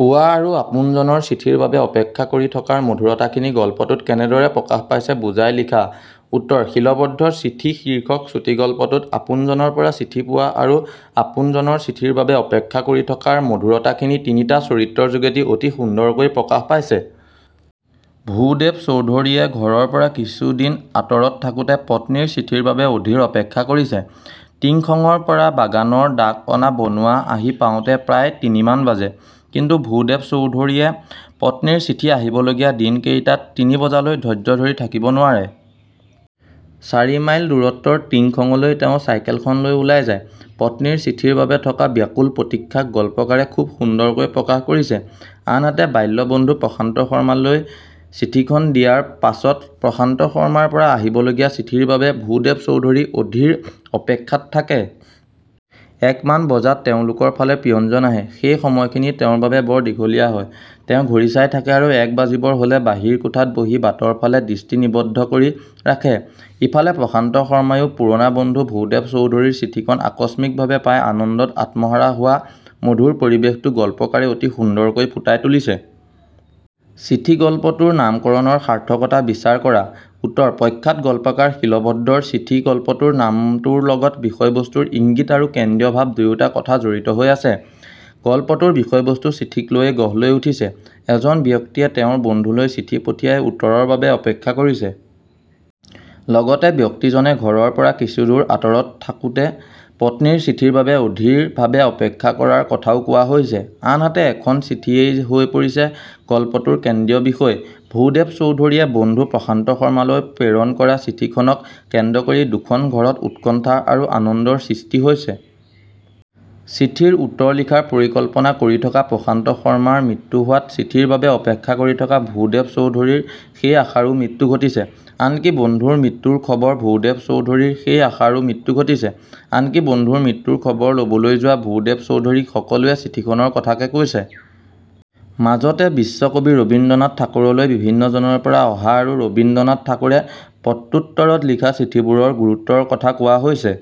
পোৱা আৰু আপোনজনৰ চিঠিৰ বাবে অপেক্ষা কৰি থকাৰ মধুৰতাখিনি গল্পটোত কেনেদৰে প্ৰকাশ পাইছে বুজাই লিখা উত্তৰ: শীলভদ্ৰৰ 'চিঠি' শীৰ্ষক চুটিগল্পটোত আপোনজনৰ পৰা চিঠি পোৱা আৰু আপোনজনৰ চিঠিৰ বাবে অপেক্ষা কৰি থকাৰ মধুৰতা খিনি তিনিটা চৰিত্ৰৰ যোগেদি অতি সুন্দৰকৈ প্ৰকাশ পাইছে। ভূদেৱ চৌধুৰীয়ে ঘৰৰ পৰা কিছুদিন আঁতৰত থাকোঁতে পত্নীৰ চিঠিৰ বাবে অধীৰ অপেক্ষা কৰিছে। টিংখঙৰ পৰা বাগানৰ ডাক অনা বনোৱা আহি পাওঁতে প্ৰায় তিনিমান বাজে। কিন্তু ভূদেৱ চৌধুৰীয়ে পত্নীৰ চিঠি আহিব লগীয়া দিন কেইটাত তিনি বজালৈ ধৈৰ্য ধৰি থাকিব নোৱাৰে। চাৰিমাইল দূৰত্বৰ টিংখঙলৈ তেওঁ চাইকেলখন লৈ ওলাই যায়। পত্নীৰ চিঠিৰ বাবে থকা ব্যাকুল প্ৰতীক্ষাক গল্পকাৰে খুব সুন্দৰকৈ প্ৰকাশ কৰিছে। আনহাতে বাল্য বন্ধু প্ৰশান্ত শৰ্মালৈ চিঠিখন দিয়াৰ পাছত প্ৰশান্ত শৰ্মাৰ পৰা আহিবলগীয়া চিঠিৰ বাবে ভূদেৱ চৌধুৰী অধীৰ অপেক্ষাত থাকে। এক মান বজাত তেওঁলোকৰ ফালে পিয়নজন আহে। সেই সময়খিনি তেওঁৰ বাবে বৰ দীঘলীয়া হয়। তেওঁ ঘড়ী চাই থাকে আৰু এক বাজিবৰ হ'লে বাহিৰ কোঠাত বহি বাটৰ ফালে দৃষ্টি নিবদ্ধ কৰি ৰাখে। ইফালে প্ৰশান্ত শৰ্মাইও পুৰণা বন্ধু ভূদেৱ চৌধুৰীৰ চিঠিখন আকস্মিক ভাবে পাই আনন্দত আত্মহাৰা হোৱা মধুৰ পৰিবেশটো গল্পকাৰে অতি সুন্দৰকৈ ফুটাই তুলিছে।। 'চিঠি' গল্পটোৰ নামকৰণৰ সাৰ্থকতা বিচাৰ কৰা। উত্তৰ: প্ৰখ্যাত গল্পকাৰ শীলভদ্ৰৰ 'চিঠি 'গল্পটোৰ নামটোৰ লগত বিষয়বস্তুৰ ইংগিত আৰু কেন্দ্ৰীয় ভাব দুয়োটা কথা জড়িত হৈ আছে। গল্পটোৰ বিষয়বস্তু চিঠিক লৈয়ে গঢ় লৈ উঠিছে। এজন ব্যক্তিয়ে তেওঁৰ বন্ধুলৈ চিঠি পঠিয়াই উত্তৰৰ বাবে অপেক্ষা কৰিছে। লগতে ব্যক্তিজনে ঘৰৰ পৰা কিছুদিন আঁতৰত থাকোঁতে পত্নীৰ চিঠিৰ বাবে অধীৰ ভাবে অপেক্ষা কৰাৰ কথাও কোৱা হৈছে। আনহাতে এখন চিঠিয়েই হৈ পৰিছে গল্পটোৰ কেন্দ্ৰীয় বিষয়। ভূদেৱ চৌধুৰীয়ে বন্ধু প্ৰশান্ত শৰ্মালৈ প্ৰেৰণ কৰা চিঠিখনক কেন্দ্ৰ কৰি দুখন-ঘৰত উৎকণ্ঠা আৰু আনন্দৰ সৃষ্টি হৈছে। চিঠিৰ উত্তৰ লিখাৰ পৰিকল্পনা কৰি থকা প্ৰশান্ত শৰ্মাৰ মৃত্যু হোৱাত চিঠিৰ বাবে অপেক্ষা কৰি থকা ভূদেৱ চৌধুৰীৰ সেই আশাৰো মৃত্যু ঘটিছে। আনকি বন্ধুৰ মৃত্যুৰ খবৰ ভূদেৱ চৌধুৰীৰ সেই আশাৰো মৃত্যু ঘটিছে। আনকি বন্ধুৰ মৃত্যুৰ খবৰ ল'বলৈ যোৱা ভূদেৱ চৌধুৰীক সকলোৱে চিঠিখনৰ কথাকে কৈছে। মাজতে বিশ্বকবি ৰবীন্দ্ৰনাথ ঠাকুৰলৈ বিভিন্নজনৰ পৰা অহা আৰু ৰবীন্দ্ৰনাথ ঠাকুৰে প্ৰত্যোত্তৰত লিখা চিঠিবোৰৰ গুৰুত্বৰ কথা কোৱা হৈছে।